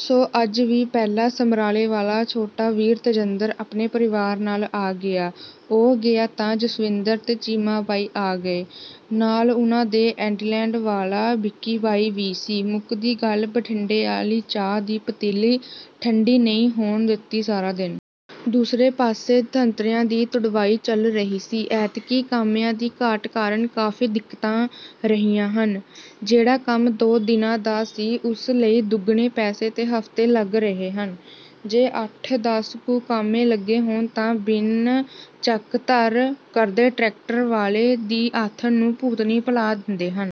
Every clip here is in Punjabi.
ਸੋ ਅੱਜ ਵੀ ਪਹਿਲਾਂ ਸਮਰਾਲੇ ਵਾਲਾ ਛੋਟਾ ਵੀਰ ਤੇਜਿੰਦਰ ਆਪਣੇ ਪਰਿਵਾਰ ਨਾਲ ਆ ਗਿਆ। ਉਹ ਗਿਆ ਤਾਂ ਜਸਵਿੰਦਰ ਅਤੇ ਚੀਮਾ ਬਾਈ ਆ ਗਏ। ਨਾਲ ਉਹਨਾਂ ਦੇ ਐਡੀਲੇਡ ਵਾਲਾ ਵਿਕੀ ਬਾਈ ਵੀ ਸੀ। ਮੁੱਕਦੀ ਗੱਲ, ਬਠਿੰਡੇ ਆਲ਼ੀ ਚਾਹ ਦੀ ਪਤੀਲੀ ਠੰਢੀ ਨਹੀਂ ਹੋਣ ਦਿੱਤੀ ਸਾਰਾ ਦਿਨ। ਦੂਜੇ ਪਾਸੇ ਸੰਤਰਿਆਂ ਦੀ ਤੁੜਵਾਈ ਚੱਲ ਰਹੀ ਸੀ। ਐਤਕੀਂ ਕਾਮਿਆਂ ਦੀ ਘਾਟ ਕਾਰਨ ਕਾਫ਼ੀ ਦਿੱਕਤਾਂ ਰਹੀਆਂ ਹਨ। ਜਿਹੜਾ ਕੰਮ ਦੋ ਦਿਨਾਂ ਦਾ ਸੀ, ਉਸ ਲਈ ਦੁੱਗਣੇ ਪੈਸੇ ਤੇ ਹਫ਼ਤੇ ਲੱਗ ਰਹੇ ਹਨ। ਜੇ ਅੱਠ-ਦੱਸ ਕੁ ਕਾਮੇ ਲੱਗੇ ਹੋਣ ਤਾਂ ਬਿੰਨ ਚੱਕ-ਧਰ ਕਰਦੇ ਟਰੈਕਟਰ ਵਾਲੇ ਦੀ ਆਥਣ ਨੂੰ ਭੂਤਨੀ ਭੂਲਾ ਦਿੰਦੇ ਹਨ।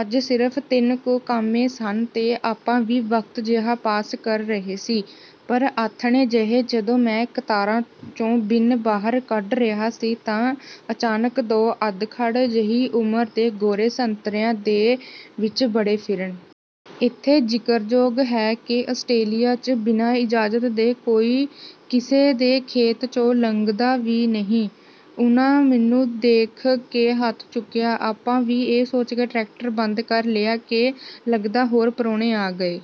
ਅੱਜ ਸਿਰਫ਼ ਤਿੰਨ ਕੁ ਕਾਮੇ ਸਨ ਤੇ ਆਪਾਂ ਵੀ ਵਕਤ ਜਿਹਾ ਪਾਸ ਕਰ ਰਹੇ ਸੀ। ਪਰ ਆਥਣੇ ਜਿਹੇ, ਜਦੋਂ ਮੈਂ ਕਤਾਰਾਂ 'ਚੋਂ ਬਿੰਨ ਬਾਹਰ ਕੱਢ ਰਿਹਾ ਸੀ, ਤਾਂ ਅਚਾਨਕ ਦੋ ਅਧਖੜ ਜਿਹੀ ਉਮਰ ਦੇ ਗੋਰੇ ਸੰਤਰਿਆਂ ਦੇ ਵਿਚ ਵੜੇ ਫਿਰਨ। ਇੱਥੇ ਜ਼ਿਕਰਯੋਗ ਹੈ ਕਿ ਆਸਟ੍ਰੇਲੀਆ 'ਚ ਬਿਨਾਂ ਇਜਾਜ਼ਤ ਦੇ ਕੋਈ ਕਿਸੇ ਦੇ ਖੇਤ 'ਚੋਂ ਲੰਘਦਾ ਵੀ ਨਹੀਂ। ਉਹਨਾਂ ਮੈਨੂੰ ਦੇਖ ਕੇ ਹੱਥ ਚੁੱਕਿਆ। ਆਪਾਂ ਵੀ ਇਹ ਸੋਚ ਕੇ ਟਰੈਕਟਰ ਬੰਦ ਕਰ ਲਿਆ ਕਿ ਲਗਦਾ ਹੋਰ ਪ੍ਰਾਹੁਣੇ ਆ ਗਏ!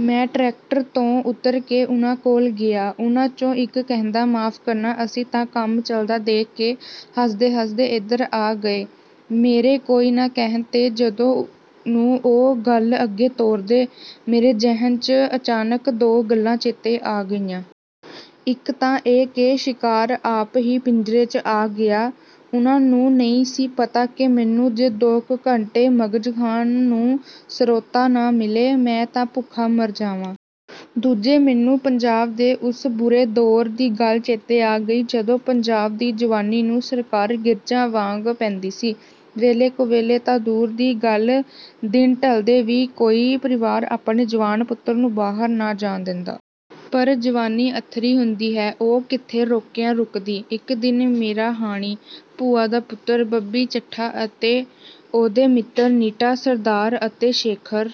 ਮੈਂ ਟਰੈਕਟਰ ਤੋਂ ਉੱਤਰ ਕੇ ਉਹਨਾਂ ਕੋਲ ਗਿਆ। ਉਹਨਾਂ 'ਚੋਂ ਇਕ ਕਹਿੰਦਾ, "ਮਾਫ਼ ਕਰਨਾ, ਅਸੀਂ ਤਾਂ ਕੰਮ ਚਲਦਾ ਦੇਖ ਕੇ ਹੱਸਦੇ-ਹੱਸਦੇ ਏਧਰ ਆ ਗਏ।" ਮੇਰੇ "ਕੋਈ ਨਾ" ਕਹਿਣ ਤੇ, ਜਦੋਂ ਨੂੰ ਉਹ ਗੱਲ ਅੱਗੇ ਤੋਰਦੇ, ਮੇਰੇ ਜ਼ਿਹਨ 'ਚ ਅਚਾਨਕ ਦੋ ਗੱਲਾਂ ਚੇਤੇ ਆ ਗਈਆਂ। ਇਕ ਤਾਂ ਇਹ ਕਿ ਸ਼ਿਕਾਰ ਆਪ ਹੀ ਪਿੰਜਰੇ 'ਚ ਆ ਗਿਆ। ਉਹਨਾਂ ਨੂੰ ਨਹੀਂ ਸੀ ਪਤਾ ਕਿ ਮੈਨੂੰ ਜੇ ਦੋ ਕੁ ਘੰਟੇ ਮਗ਼ਜ਼ ਖਾਣ ਨੂੰ ਸਰੋਤਾ ਨਾ ਮਿਲੇ, ਮੈਂ ਤਾਂ ਭੁੱਖਾ ਮਰ ਜਾਵਾਂ। ਦੂਜੇ, ਮੈਨੂੰ ਪੰਜਾਬ ਦੇ ਉਸ ਬੁਰੇ ਦੌਰ ਦੀ ਗੱਲ ਚੇਤੇ ਆ ਗਈ, ਜਦੋਂ ਪੰਜਾਬ ਦੀ ਜਵਾਨੀ ਨੂੰ ਸਰਕਾਰ ਗਿਰਝਾਂ ਵਾਂਗ ਪੈਂਦੀ ਸੀ। ਵੇਲੇ-ਕੁਵੇਲੇ ਤਾਂ ਦੂਰ ਦੀ ਗੱਲ, ਦਿਨ ਢਲਦੇ ਵੀ ਕੋਈ ਪਰਿਵਾਰ ਆਪਣੇ ਜਵਾਨ ਪੁੱਤਰ ਨੂੰ ਬਾਹਰ ਨਾ ਜਾਣ ਦਿੰਦਾ। ਪਰ ਜਵਾਨੀ ਅੱਥਰੀ ਹੁੰਦੀ ਹੈ, ਉਹ ਕਿੱਥੇ ਰੋਕਿਆਂ ਰੁਕਦੀ। ਇਕ ਦਿਨ ਮੇਰਾ ਹਾਣੀ ਭੂਆ ਦਾ ਪੁੱਤਰ ਬੱਬੀ ਚੱਠਾ ਅਤੇ ਉਹਦੇ ਮਿੱਤਰ ਨੀਟਾ ਸਰਦਾਰ ਅਤੇ ਸ਼ੇਖਰ...